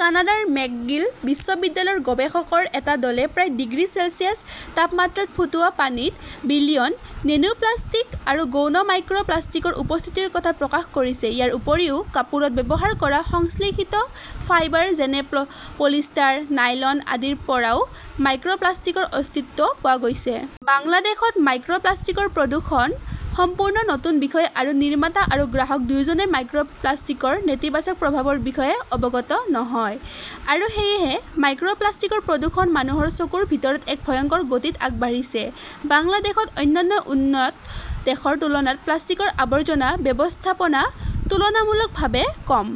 কানাডাৰ মেকগিল বিশ্ববিদ্যালয়ৰ গৱেষকৰ এটা দলে প্ৰায় ডিগ্ৰী চেলছিয়াছ তাপমাত্ৰাত ফুটোৱা পানীত বিলিয়ন নেনোপ্লাস্টিক আৰু গৌণ মাইক্ৰ' প্লাষ্টিকৰ উপস্থিতিৰ কথা প্ৰকাশ কৰিছে। ইয়াৰ উপৰিও কাপোৰত ব্যৱহাৰ কৰা সংশ্লেষিত ফাইবাৰ যেনে পলিষ্টাৰ, নাইলন আদিৰ পৰাও মাইক্ৰ'প্লাষ্টিকৰ অস্তিত্ব পোৱা গৈছে। বাংলাদেশত মাইক্ৰ' প্লাষ্টিকৰ প্ৰদূষণ সম্পূৰ্ণ নতুন বিষয় আৰু নিৰ্মাতা আৰু গ্ৰাহক দুয়োজনেই মাইক্ৰ' প্লাষ্টিকৰ নেতিবাচক প্ৰভাৱৰ বিষয়ে অৱগত নহয়। আৰু সেয়েহে মাইক্ৰ'প্লাষ্টিকৰ প্ৰদূষণ মানুহৰ চকুৰ ভিতৰত এক ভয়ংকৰ গতিত আগবাঢ়িছে। বাংলাদেশত অন্যান্য উন্নত দেশৰ তুলনাত প্লাষ্টিকৰ আৱৰ্জনা ব্যৱস্থাপনা তুলনামূলকভাৱে কম।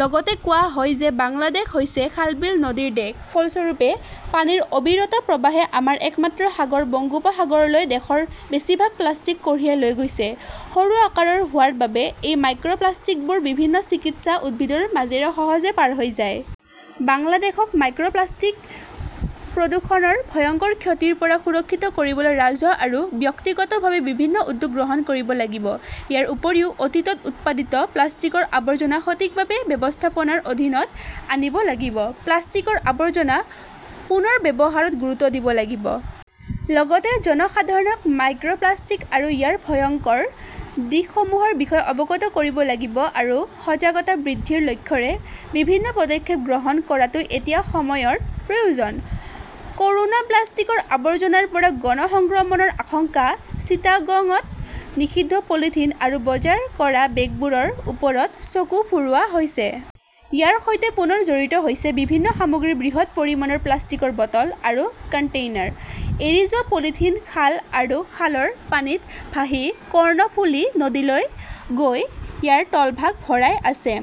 লগতে কোৱা হয় যে বাংলাদেশ হৈছে খালবিল নদীৰ দেশ। ফলস্বৰূপে পানীৰ অবিৰত প্ৰৱাহে আমাৰ একমাত্ৰ সাগৰ বংগোপসাগৰলৈ দেশৰ বেছিভাগ প্লাষ্টিক কঢ়িয়াই লৈ গৈছে। সৰু আকাৰৰ হোৱাৰ বাবে এই মাইক্ৰ' প্লাষ্টিকবোৰ বিভিন্ন চিকিৎসা উদ্ভিদৰ মাজেৰে সহজে পাৰ হৈ যায়। বাংলাদেশক মাইক্ৰ' প্লাষ্টিক প্ৰদূষণৰ ভয়ংকৰ ক্ষতিৰ পৰা সুৰক্ষিত কৰিবলৈ ৰাজহুৱা আৰু ব্যক্তিগতভাৱে বিভিন্ন উদ্যোগ গ্ৰহণ কৰিব লাগিব। ইয়াৰ উপৰিও অতীতত উৎপাদিত প্লাষ্টিকৰ আৱৰ্জনা সঠিকভাৱে ব্যৱস্থাপনাৰ অধীনত আনিব লাগিব। প্লাষ্টিকৰ আৱৰ্জনা পুনৰ্ব্যৱহাৰত গুৰুত্ব দিব লাগিব। লগতে জনসাধাৰণক মাইক্ৰ'প্লাষ্টিক আৰু ইয়াৰ ভয়ংকৰ দিশসমূহৰ বিষয়ে অৱগত কৰিব লাগিব আৰু সজাগতা বৃদ্ধিৰ লক্ষ্যৰে বিভিন্ন পদক্ষেপ গ্ৰহণ কৰাটো এতিয়া সময়ৰ প্ৰয়োজন। ক'ৰোনা প্লাষ্টিকৰ আৱৰ্জনাৰ পৰা গণ সংক্ৰমণৰ আশংকা চিটাগঙত নিষিদ্ধ পলিথিন আৰু বজাৰ কৰা বেগবোৰৰ ওপৰত চকু ফুৰোৱা হৈছে। ইয়াৰ সৈতে পুনৰ জড়িত হৈছে বিভিন্ন সামগ্ৰীৰ বৃহৎ পৰিমাণৰ প্লাষ্টিকৰ বটল আৰু কণ্টেইনাৰ। এৰি যোৱা পলিথিন খাল আৰু খালৰ পানীত ভাহি কৰ্ণফুলি নদীলৈ গৈ ইয়াৰ তলভাগ ভৰাই আছে।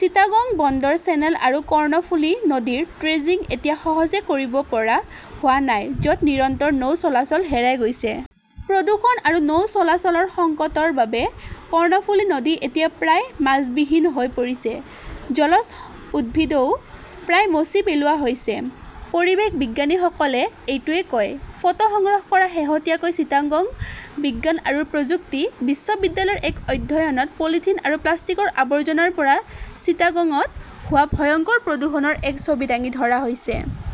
চিটাগং বন্দৰ চেনেল আৰু কৰ্ণফুলি নদীৰ ড্ৰেজিং এতিয়া সহজে কৰিব পৰা হোৱা নাই, য 'ত নিৰন্তৰ নৌ চলাচল হেৰাই গৈছে। প্ৰদূষণ আৰু নৌ চলাচলৰ সংকটৰ বাবে কৰ্ণফুলি নদী এতিয়া প্ৰায় মাছবিহীন হৈ পৰিছে। জলজ উদ্ভিদও প্ৰায় মচি পেলোৱা হৈছে। পৰিৱেশ বিজ্ঞানীসকলে এইটোৱেই কয়। ফটো সংগ্ৰহ কৰা শেহতীয়াকৈ চিটাগং বিজ্ঞান আৰু প্ৰযুক্তি বিশ্ববিদ্যালয়ৰ এক অধ্যয়নত পলিথিন আৰু প্লাষ্টিকৰ আৱৰ্জনাৰ পৰা চিটাগঙত হোৱা ভয়ংকৰ প্ৰদূষণৰ এক ছবি দাঙি ধৰা হৈছে।